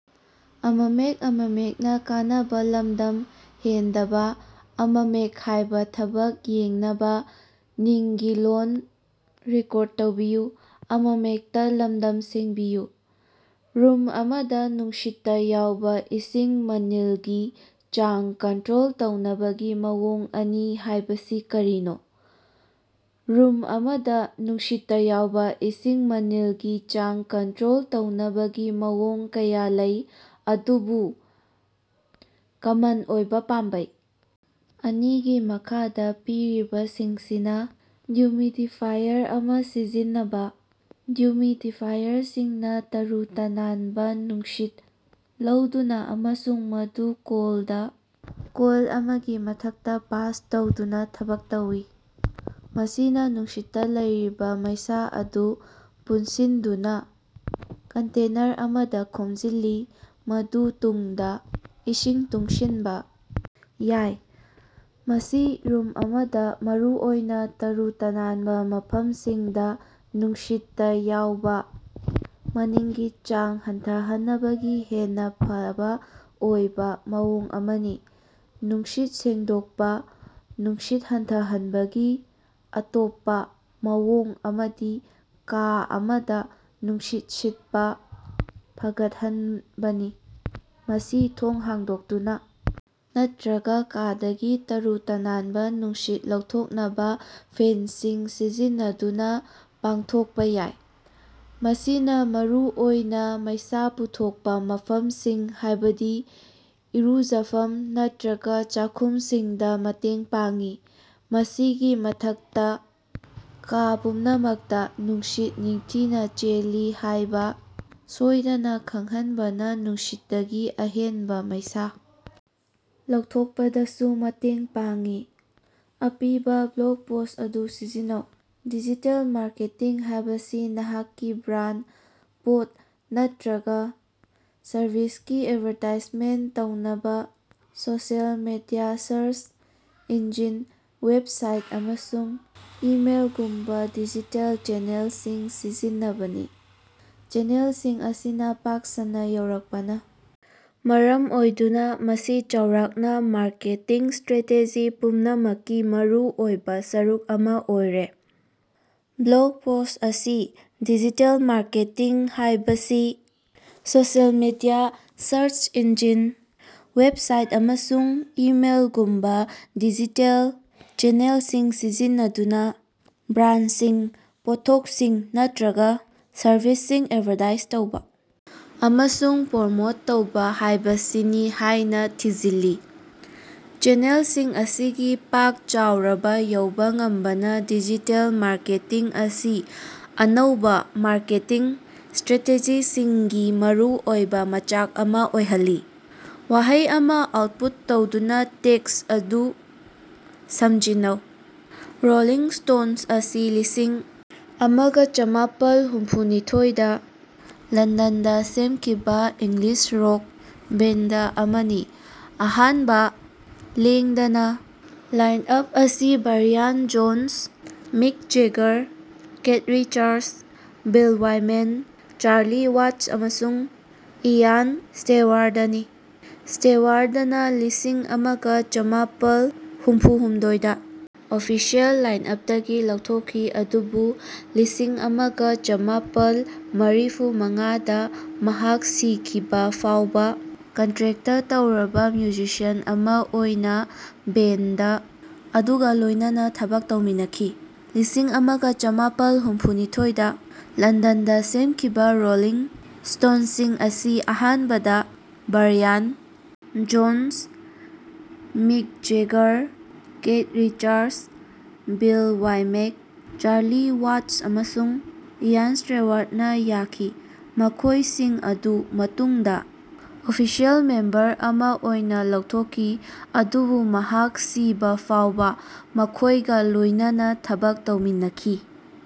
Room ꯑꯃꯗ ꯅꯨꯡꯁꯤꯠ ꯇ ꯌꯥꯎꯕ ꯏꯁꯤꯡ ꯃꯅꯤꯜ ꯒꯤ ꯆꯥꯡ ꯀꯟꯇ꯭ꯔꯣꯜ ꯇꯧꯅꯕꯒꯤ ꯃꯑꯣꯡ ꯑꯅꯤ ꯍꯥꯢꯕꯁꯤ ꯀꯔꯤꯅꯣ? ꯔꯨꯝ ꯑꯃꯗ ꯅꯨꯡꯁꯤꯠ ꯇ ꯌꯥꯎꯕ ꯏꯁꯤꯡ ꯃꯅꯤꯜ ꯒꯤ ꯆꯥꯡ ꯀꯟꯇ꯭ꯔꯣꯜ ꯇꯧꯅꯕꯒꯤ ꯃꯑꯣꯡ ꯀꯌꯥ ꯂꯩ ꯑꯗꯨꯕꯨ ꯀꯃꯟ ꯑꯣꯏꯕ ꯄꯥꯝꯕꯩ ꯑꯅꯤꯗꯤ ꯃꯈꯥꯗ ꯄꯤꯔꯤꯕꯁꯤꯡꯁꯤꯅꯤ: ꯗꯤꯍꯨꯃꯤꯗꯤꯐꯥꯏꯌꯔ ꯑꯃ ꯁꯤꯖꯤꯟꯅꯕ: ꯗꯤꯍꯨꯃꯤꯗꯤꯐꯥꯏꯌꯔꯁꯤꯡꯅ ꯇꯔꯨ-ꯇꯅꯥꯟꯕ ꯅꯨꯡꯁꯤꯠ ꯂꯧꯗꯨꯅ ꯑꯃꯁꯨꯡ ꯃꯗꯨ ꯀꯣꯜꯗ ꯀꯣꯏꯜ ꯑꯃꯒꯤ ꯃꯊꯛꯇ ꯄꯥꯁ ꯇꯧꯗꯨꯅꯥ ꯊꯕꯛ ꯇꯧꯏ꯫ ꯃꯁꯤꯅ ꯅꯨꯡꯁꯤꯠꯇ ꯂꯩꯔꯤꯕ ꯃꯩꯁꯥ ꯑꯗꯨ ꯄꯨꯟꯁꯤꯟꯗꯨꯅ ꯀꯟꯇꯦꯅꯔ ꯑꯃꯗ ꯈꯣꯝꯖꯤꯜꯂꯤ ꯃꯗꯨ ꯇꯨꯡꯗ ꯏꯁꯤꯡ ꯇꯨꯡꯁꯤꯟꯕ ꯌꯥꯏ꯫ ꯃꯁꯤ ꯔꯨꯝ ꯑꯃꯗ ꯃꯔꯨꯑꯣꯏꯅ ꯇꯔꯨ-ꯇꯅꯥꯟꯕ ꯃꯐꯝꯁꯤꯡꯗ ꯅꯨꯡꯁꯤꯠ ꯇ ꯌꯥꯎꯕ ꯃꯅꯤꯜꯒꯤ ꯆꯥꯡ ꯍꯟꯊꯍꯟꯅꯕꯒꯤ ꯍꯦꯟꯅ ꯐꯕ ꯑꯣꯏꯕ ꯃꯑꯣꯡ ꯑꯃꯅꯤ꯫ ꯅꯨꯡꯁꯤꯠ ꯁꯦꯡꯗꯣꯛꯄ: ꯅꯨꯡꯁꯤꯠ ꯍꯟꯊꯍꯟꯅꯕꯒꯤ ꯑꯇꯣꯞꯄ ꯃꯑꯣꯡ ꯑꯃꯗꯤ ꯀꯥ ꯑꯃꯗ ꯅꯨꯡꯁꯤꯠ ꯁꯤꯠꯄ ꯐꯒꯠꯍꯟꯕꯅꯤ꯫ ꯃꯁꯤ ꯊꯣꯡ ꯍꯥꯡꯗꯣꯛꯇꯨꯅ ꯅꯠꯇ꯭ꯔꯒ ꯀꯥꯗꯒꯤ ꯇꯔꯨ-ꯇꯅꯥꯟꯕ ꯅꯨꯡꯁꯤꯠ ꯂꯧꯊꯣꯛꯅꯕ ꯐꯦꯟꯁꯤꯡ ꯁꯤꯖꯤꯟꯅꯗꯨꯅ ꯄꯥꯡꯊꯣꯛꯄ ꯌꯥꯏ꯫ ꯃꯁꯤꯅ ꯃꯔꯨꯑꯣꯏꯅ ꯃꯩꯁꯥ ꯄꯨꯊꯣꯛꯄ ꯃꯐꯝꯁꯤꯡ ꯍꯥꯢꯕꯗꯤ ꯏꯔꯨꯖꯐꯝ ꯅꯠꯇ꯭ꯔꯒ ꯆꯥꯈꯨꯝꯁꯤꯡꯗ ꯃꯇꯦꯡ ꯄꯥꯡꯏ꯫ ꯃꯁꯤꯒꯤ ꯃꯊꯛꯇ, ꯀꯥ ꯄꯨꯝꯅꯃꯛꯇ ꯅꯨꯡꯁꯤꯠ ꯅꯤꯡꯊꯤꯅ ꯆꯦꯜꯂꯤ ꯍꯥꯢꯕ ꯁꯣꯢꯗꯅ ꯈꯪꯍꯟꯕꯅ ꯅꯨꯡꯁꯤꯠꯇꯒꯤ ꯑꯍꯦꯟꯕ ꯃꯩꯁꯥ ꯂꯧꯊꯣꯛꯄꯗꯁꯨ ꯃꯇꯦꯡ ꯄꯥꯡꯏ꯫ ꯑꯄꯤꯕꯥ ꯕ꯭ꯂꯣꯒ ꯄꯣꯁ꯭ꯠ ꯑꯗꯨ ꯁꯝꯖꯤꯟꯅꯧ꯫ ꯗꯤꯖꯤꯇꯦꯜ ꯃꯥꯔꯀꯦꯇꯤꯡ ꯍꯥꯢꯕꯁꯤ ꯅꯍꯥꯛꯀꯤ ꯕ꯭ꯔꯥꯟꯗ, ꯄꯣꯠ ꯅꯠꯇ꯭ꯔꯒ ꯁꯔꯚꯤꯁꯀꯤ ꯑꯦꯗꯚꯥꯔꯇꯥꯏꯖꯃꯦꯟꯇ ꯇꯧꯅꯕ social media, search engine, website ꯑꯃꯁꯨꯡ ꯏꯃꯦꯜꯒꯨꯝꯕ ꯗꯤꯖꯤꯇꯦꯜ ꯆꯦꯅꯦꯜꯁꯤꯡ ꯁꯤꯖꯤꯟꯅꯕꯅꯤ꯫ ꯆꯦꯅꯦꯜꯁꯤꯡ ꯑꯁꯤꯅ ꯄꯥꯛ ꯁꯟꯅ ꯌꯧꯔꯛꯄꯅ ꯃꯔꯝ ꯑꯣꯏꯗꯨꯅ ꯃꯁꯤ ꯆꯥꯎꯔꯥꯛꯅ ꯃꯥꯔꯀꯦꯇꯤꯡ ꯁꯇ꯭ꯔꯦꯇꯦꯖꯤ ꯄꯨꯝꯅꯃꯛꯀꯤ ꯃꯔꯨꯑꯣꯏꯕ ꯁꯔꯨꯛ ꯑꯃ ꯑꯣꯏꯔꯦ꯫ ꯕ꯭ꯂꯣꯒ ꯄꯣꯁ꯭ꯠ ꯑꯁꯤꯅ ꯗꯤꯖꯤꯇꯦꯜ ꯃꯥꯔꯀꯦꯇꯤꯡ ꯍꯥꯢꯕꯁꯤ social media, search engine, website ꯑꯃꯁꯨꯡ ꯏꯃꯦꯜꯒꯨꯝꯕ ꯗꯤꯖꯤꯇꯦꯜ ꯆꯦꯅꯦꯜꯁꯤꯡ ꯁꯤꯖꯤꯟꯅꯗꯨꯅ ꯕ꯭ꯔꯥꯟꯗꯁꯤꯡ, ꯄꯣꯠꯊꯣꯛꯁꯤꯡ, ꯅꯠꯇ꯭ꯔꯒ ꯁꯔꯚꯤꯁꯁꯤꯡ ꯑꯦꯗꯚꯥꯔꯇꯥꯏꯖ ꯇꯧꯕ ꯑꯃꯁꯨꯡ ꯄ꯭ꯔꯃꯣꯠ ꯇꯧꯕꯥ ꯍꯥꯢꯕꯁꯤꯅꯤ ꯍꯥꯢꯅꯥ ꯊꯤꯖꯤꯜꯂꯤ꯫ ꯆꯦꯅꯦꯜꯁꯤꯡ ꯑꯁꯤꯒꯤ ꯄꯥꯛ ꯆꯥꯎꯔꯕ ꯌꯧꯕ ꯉꯝꯕꯅ ꯗꯤꯖꯤꯇꯦꯜ ꯃꯥꯔꯀꯦꯇꯤꯡ ꯑꯁꯤ ꯑꯅꯧꯕ ꯃꯥꯔꯀꯦꯇꯤꯡ ꯁꯇ꯭ꯔꯦꯇꯦꯖꯤꯁꯤꯡꯒꯤ ꯃꯔꯨꯑꯣꯏꯕ ꯃꯆꯥꯛ ꯑꯃ ꯑꯣꯏꯍꯜꯂꯤ꯫ ꯋꯥꯍꯩ ꯑꯃ ꯑꯥꯎꯠꯄꯨꯠ ꯇꯧꯗꯨꯅ ꯇꯦꯛꯁ ꯑꯗꯨ ꯁꯃꯖꯤꯟꯅꯧ꯫ ꯔꯣꯂꯤꯡ ꯁ꯭ꯇꯣꯅꯁ ꯑꯁꯤ ꯂꯤꯁꯤꯡ ꯑꯃꯒ ꯆꯥꯃꯥꯄꯜ ꯍꯨꯝꯐꯨ ꯅꯤꯊꯣꯏꯗ ꯂꯟꯗꯟꯗꯥ ꯁꯦꯝꯈꯤꯕ ꯏꯪꯂꯤꯁ ꯔꯣꯛ ꯕꯦꯟꯗ ꯑꯃꯅꯤ ꯑꯍꯥꯟꯕ ꯂꯦꯡꯗꯅ ꯂꯥꯏꯟ-ꯑꯞ ꯑꯁꯤ Brian Jones, Mick Jagger, Keith Richards, Bill Wyman, Charlie Watts ꯑꯃꯁꯨꯡ ꯏꯌꯥꯟ ꯁ꯭ꯇꯦꯋꯥꯔꯗꯅꯤ꯫ ꯁ꯭ꯇꯦꯋꯥꯔꯗꯅ ꯂꯤꯁꯤꯡ ꯑꯃꯒ ꯆꯥꯃꯥꯄꯜ ꯍꯨꯝꯐꯨ ꯍꯨꯝꯗꯣꯏꯗꯥ ꯑꯣꯐꯤꯁꯤꯑꯦꯜ ꯂꯥꯏꯟ-ꯑꯞꯇꯒꯤ ꯂꯧꯊꯣꯛꯈꯤ ꯑꯗꯨꯕꯨ ꯂꯤꯁꯤꯡ ꯑꯃꯒ ꯆꯥꯃꯥꯄꯜ ꯃꯔꯤꯐꯨ ꯃꯉꯥꯗ ꯃꯍꯥꯛ ꯁꯤꯈꯤꯕ ꯐꯥꯎꯕ ꯀꯟꯇꯔꯦꯛꯇ ꯇꯧꯔꯕ ꯃ꯭ꯌꯨꯖꯤꯁꯤꯌꯥꯟ ꯑꯃ ꯑꯣꯏꯅ ꯕꯦꯟꯗ ꯑꯗꯨꯒ ꯂꯣꯢꯅꯅꯥ ꯊꯕꯛ ꯇꯧꯃꯤꯟꯅꯈꯤ꯫ ꯂꯤꯁꯤꯡ ꯑꯃꯒ ꯆꯥꯃꯥꯄꯜ ꯍꯨꯝꯐꯨꯅꯤꯊꯣꯏꯗ ꯂꯟꯗꯟꯗ ꯁꯦꯝꯈꯤꯕꯥ ꯔꯣꯂꯤꯡ ꯁ꯭ꯇꯣꯟꯁꯤꯡ ꯑꯁꯤ ꯑꯍꯥꯟꯕꯗ Brian Jones, Mick Jagger, Keith Richards, Bill Wyman, Charlie Watts ꯑꯃꯁꯨꯡ ꯏꯌꯥꯟ ꯁ꯭ꯇꯦꯋꯥꯔꯗꯅ ꯌꯥꯎꯈꯤ ꯃꯈꯣꯢꯁꯤꯡ ꯑꯗꯨ ꯃꯇꯨꯡꯗ ꯑꯣꯐꯤꯁꯤꯑꯦꯜ ꯃꯦꯝꯕꯔ ꯑꯃ ꯑꯣꯏꯅꯥ ꯂꯧꯊꯣꯛꯈꯤ ꯑꯗꯨꯕꯨ ꯃꯍꯥꯛ ꯁꯤꯕ ꯐꯥꯎꯕꯥ ꯃꯈꯣꯢꯒꯥ ꯂꯣꯢꯅꯅꯥ ꯊꯕꯛ ꯇꯧꯃꯤꯟꯅꯈꯤ꯫